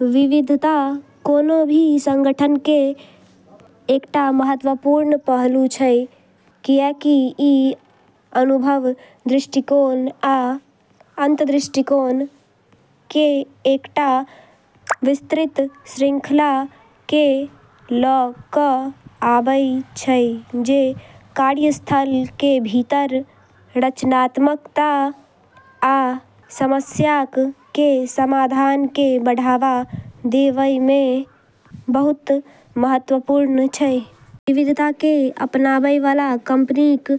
विविधता कोनों भी संगठन के एकटा महत्वपूर्ण पहलू छै, कियाकि इ अनुभव, दृष्टिकोण, आ अंतर्दृष्टि के एकटा विस्तृत श्रृंखला के ल क आबै छै, जे कार्यस्थल के भीतर रचनात्मकता आ समस्याक के समाधान के बढ़ावा देवय मे बहुत महत्वपूर्ण छै। विविधता के अपनाबै वाला कंपनीक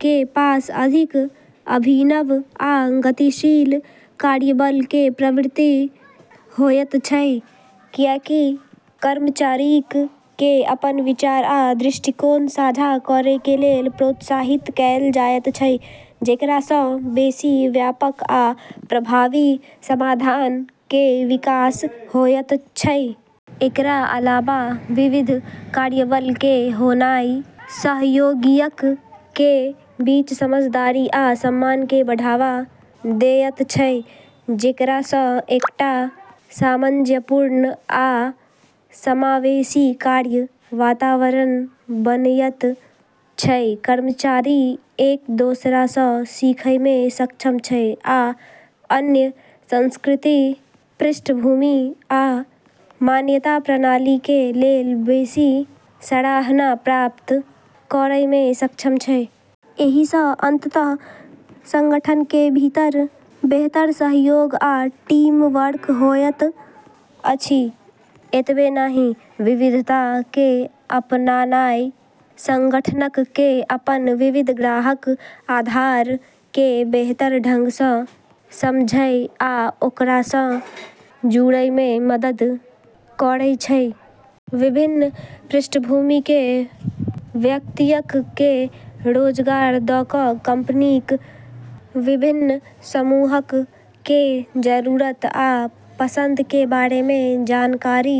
के पास अधिक अभिनव आ गतिशील कार्यबल के प्रवृत्ति होयत छै, कियाकि कर्मचारीक के अपन विचार आ दृष्टिकोण साझा करय के लेल प्रोत्साहित कैल जायत छै, जेकरा सं बेसि व्यापक आ प्रभावी समाधान के विकास होयत छै। एकरा अलावा विविध कार्यबल के होनाय सहयोगियक के बीच समझदारी आ सम्मान के बढ़ावा देयत छै, जेकरा सं एकटा सामंजस्यपूर्ण आ समावेशी कार्य वातावरण बनयत छै। कर्मचारी एक दोसरा सं सीखय मे सक्षम छै आ अन्य संस्कृति, पृष्ठभूमि आ मान्यता प्रणाली के लेल बेसि सराहना प्राप्त करय मे सक्षम छै। एहि सं अंततः संगठन के भीतर बेहतर सहयोग आ टीम वर्क होयत अछि। एतबे नहि, विविधता के अपनानाय संगठनक के अपन विविध ग्राहक आधार के बेहतर ढंग सं समझय आ ओकरा सं जुड़य मे मदद करय छै। विभिन्न पृष्ठभूमि के व्यक्तियक के रोजगार द क कंपनीक विभिन्न समूहक के जरूरत आ पसंद के बारे मे जानकारी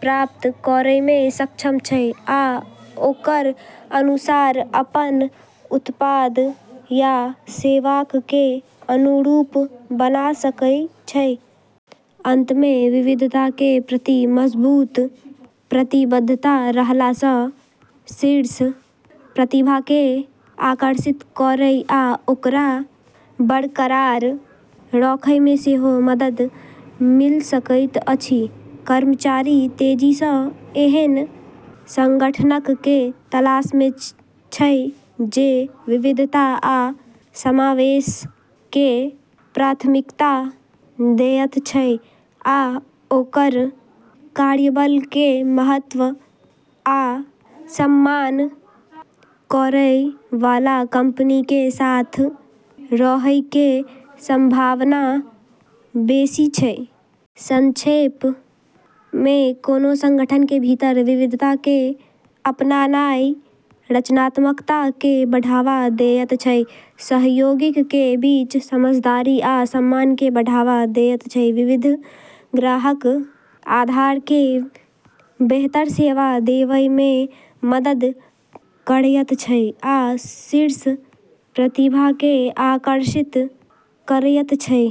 प्राप्त करय मे सक्षम छै, आ ओकर अनुसार अपन उत्पाद या सेवाक के अनुरूप बना सकय छै। अंत में, विविधता के प्रति मजबूत प्रतिबद्धता रहला सं शीर्ष प्रतिभा के आकर्षित करय आ ओकरा बरकरार रखय में सेहो मदद मिल सकैत अछि। कर्मचारी तेजी सं ऐहन संगठनक के तलाश मे छै जे विविधता आ समावेश के प्राथमिकता देयत छै, आ ओकर कार्यबल के महत्व आ सम्मान करय वाला कंपनी के साथ रहय के संभावना बेसि छै। संक्षेप मे, कोनों संगठन के भीतर विविधता के अपनानाय रचनात्मकता के बढ़ावा देयत छै, सहयोगियक के बीच समझदारी आ सम्मान के बढ़ावा देयत छै, विविध ग्राहक आधार के बेहतर सेवा देवय मे मदद करयत छै, आ शीर्ष प्रतिभा के आकर्षित करयत छै।